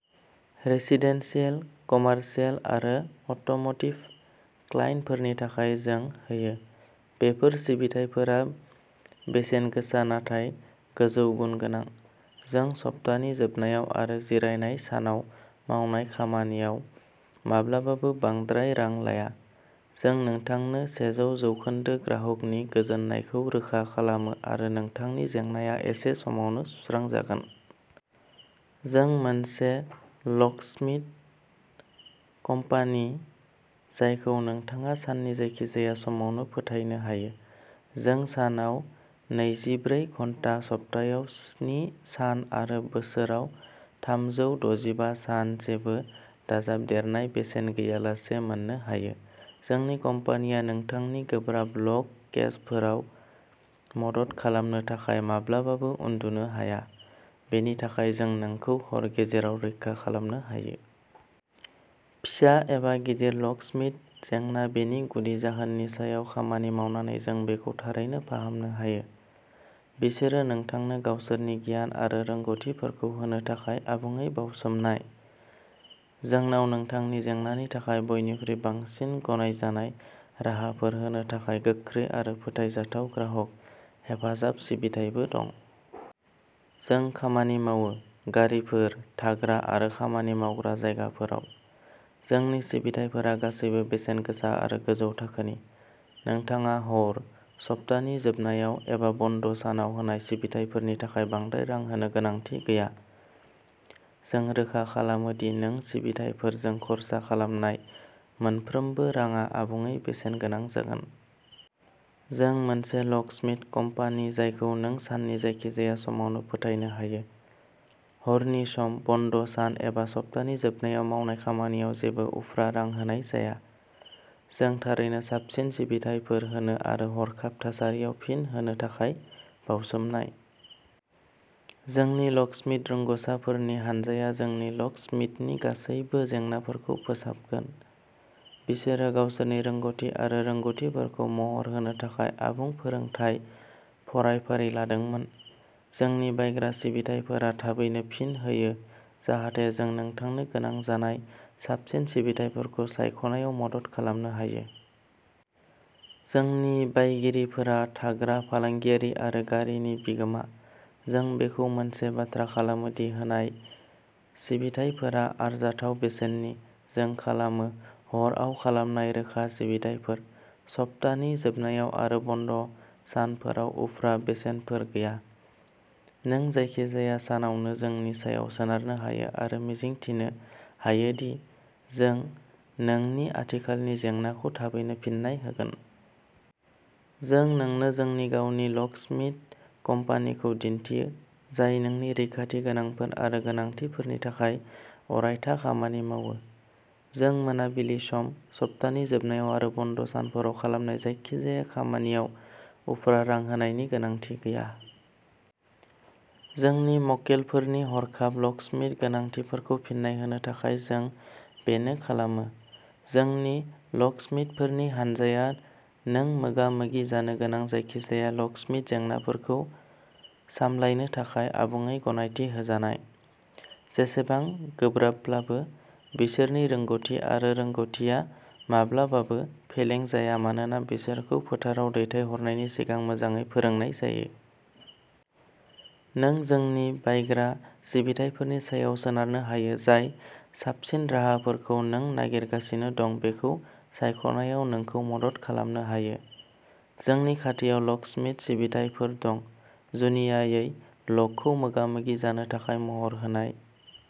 Residential, commercial आरो automotive क्लाइन्टफोरनि थाखाय जों होयो। बेफोर सिबिथाइफोरा बेसेनगोसा नाथाय गोजौ गुन गोनां। जों सप्तानि जोबनायाव आरो जिरायनाय सानाव मावनाय खामानियाव माब्लाबाबो बांद्राय रां लाया। जों नोंथांनो सेजौ जौखोन्दो ग्राहकनि गोजोननायखौ रोखा खालामो आरो नोंथांनि जेंनाया एसे समावनो सुस्रांजागोन। जों मोनसे लकस्मिथ कम्पानि जायखौ नोंथाङा साननि जायखिजाया समावनो फोथायनो हायो। जों सानाव नैजिब्रै घन्टा, सप्तायाव स्नि सान आरो बोसोराव थामजौ दजिबा सान जेबो दाजाबदेरनाय बेसेन गैयालासे मोननो हायो। जोंनि कम्पानिया नोंथांनि गोब्राब लक केसफोराव मदद खालामनो थाखाय माब्लाबाबो उन्दुनो हाया, बेनि थाखाय जों नोंखौ हर गेजेराव रैखा खालामनो हायो। फिसा एबा गिदिर लकस्मिथ जेंना बेनि गुदि जाहोननि सायाव खामानि मावनानै, जों बेखौ थारैनो फाहामनो हायो। बिसोरो नोंथांनो गावसोरनि गियान आरो रोंग'थिफोरखौ होनो थाखाय आबुङै बाउसोमनाय। जोंनाव नोंथांनि जेंनानि थाखाय बयनिख्रुइ बांसिन गनायजानाय राहाफोर होनो थाखाय गोख्रै आरो फोथायजाथाव ग्राहक हेफाजाब सिबिथाइबो दं। जों खामानि मावो। गारिफोर, थाग्रा आरो खामानि मावग्रा जायगाफोराव। जोंनि सिबिथाइफोरा गासैबो बेसेनगोसा आरो गोजौ थाखोनि। नोंथाङा हर, सप्तानि जोबनायाव एबा बन्द' सानाव होनाय सिबिथाइफोरनि थाखाय बांद्राय रां होनो गोनांथि गैया। जों रोखा खालामो दि नों सिबिथाइफोरजों खर्सा खालामनाय मोनफ्रोमबो रांआ आबुङै बेसेनगोनां जागोन। जों मोनसे लकस्मिथ कम्पानि जायखौ नों साननि जायखिजाया समावनो फोथायनो हायो। हरनि सम, बन्द' सान एबा सप्तानि जोबनायाव मावनाय खामानियाव जेबो उफ्रा रां होनाय जाया। जों थारैनो साबसिन सिबिथाइफोर होनो आरो हरखाब थासारियाव फिन होनो थाखाय बावसोमनाय। जोंनि लकस्मिथ रोंग'साफोरनि हानजाया नोंनि लकस्मिथनि गासैबो जेंनाफोरखौ फोसाबगोन। बिसोरो गावसोरनि रोंग'थि आरो रोंग'थिफोरखौ महर होनो थाखाय आबुं फोरोंथाय फरायफारि लादोंमोन। जोंनि बायग्रा सिबिथाइफोरा थाबैनो फिन होयो जाहाथे जों नोंथांनो गोनां जानाय साबसिन सिबिथाइफोरखौ सायख'नायाव मदद खालामनो हायो। जोंनि बायगिरिफोरा थाग्रा, फालांगियारि आरो गारिनि बिगोमा। जों बेखौ मोनसे बाथ्रा खालामो दि होनाय सिबिथाइफोरा आरजाथाव बेसेननि। जों खालामो। हरआव खालामनाय रोखा सिबिथाइफोर; सप्तानि जोबनायाव आरो बन्द' सानफोराव उफ्रा बेसेनफोर गैया। नों जायखिजाया समावनो जोंनि सायाव सोनारनो हायो आरो मिजिंथिनो हायो दि जों नोंनि आथिखालनि जेंनाखौ थाबैनो फिन्नाय होगोन। जों नोंनो जोंनि गावनि लकस्मिथ कम्पानिखौ दिन्थियो, जाय नोंनि रैखाथि गोनांथिफोर आरो गोनांथिफोरनि थाखाय अरायथा खामानि मावो। जों मोनाबिलि सम, सप्तानि जोबनायाव आरो बन्द' सानफोराव खालामनाय जायखिजाया खामानियाव उफ्रा रां होनायनि गोनांथि गैया। जोंनि मक्केलफोरनि हरखाब लकस्मिथ गोनांथिफोरखौ फिन्नाय होनो थाखाय जों बेनो खालामो। जोंनि लकस्मिथफोरनि हानजाया नों मोगा-मोगि जानो गोनां जायखिजाया लकस्मिथ जेंनाफोरखौ सामलायनो थाखाय आबुङै गनायथि होजानाय, जेसेबां गोब्राबब्लाबो। बिसोरनि रोंग'थि आरो रोंग'थिआ माब्लाबाबो फेलें जाया मानोना बिसोरखौ फोथाराव दैथायहरनायनि सिगां मोजाङै फोरोंनाय जायो। नों जोंनि बायग्रा सिबिथाइफोरनि सायाव सोनारनो हायो, जाय साबसिन राहाफोरखौ नों नागिरगासिनो दं बेखौ सायख'नायाव नोंखौ मदद खालामनो हायो। जोंनि खाथियाव लकस्मिथ सिबिथाइफोर दं, जुनियायै लकजों मोगा-मोगि जानो थाखाय महर होनाय।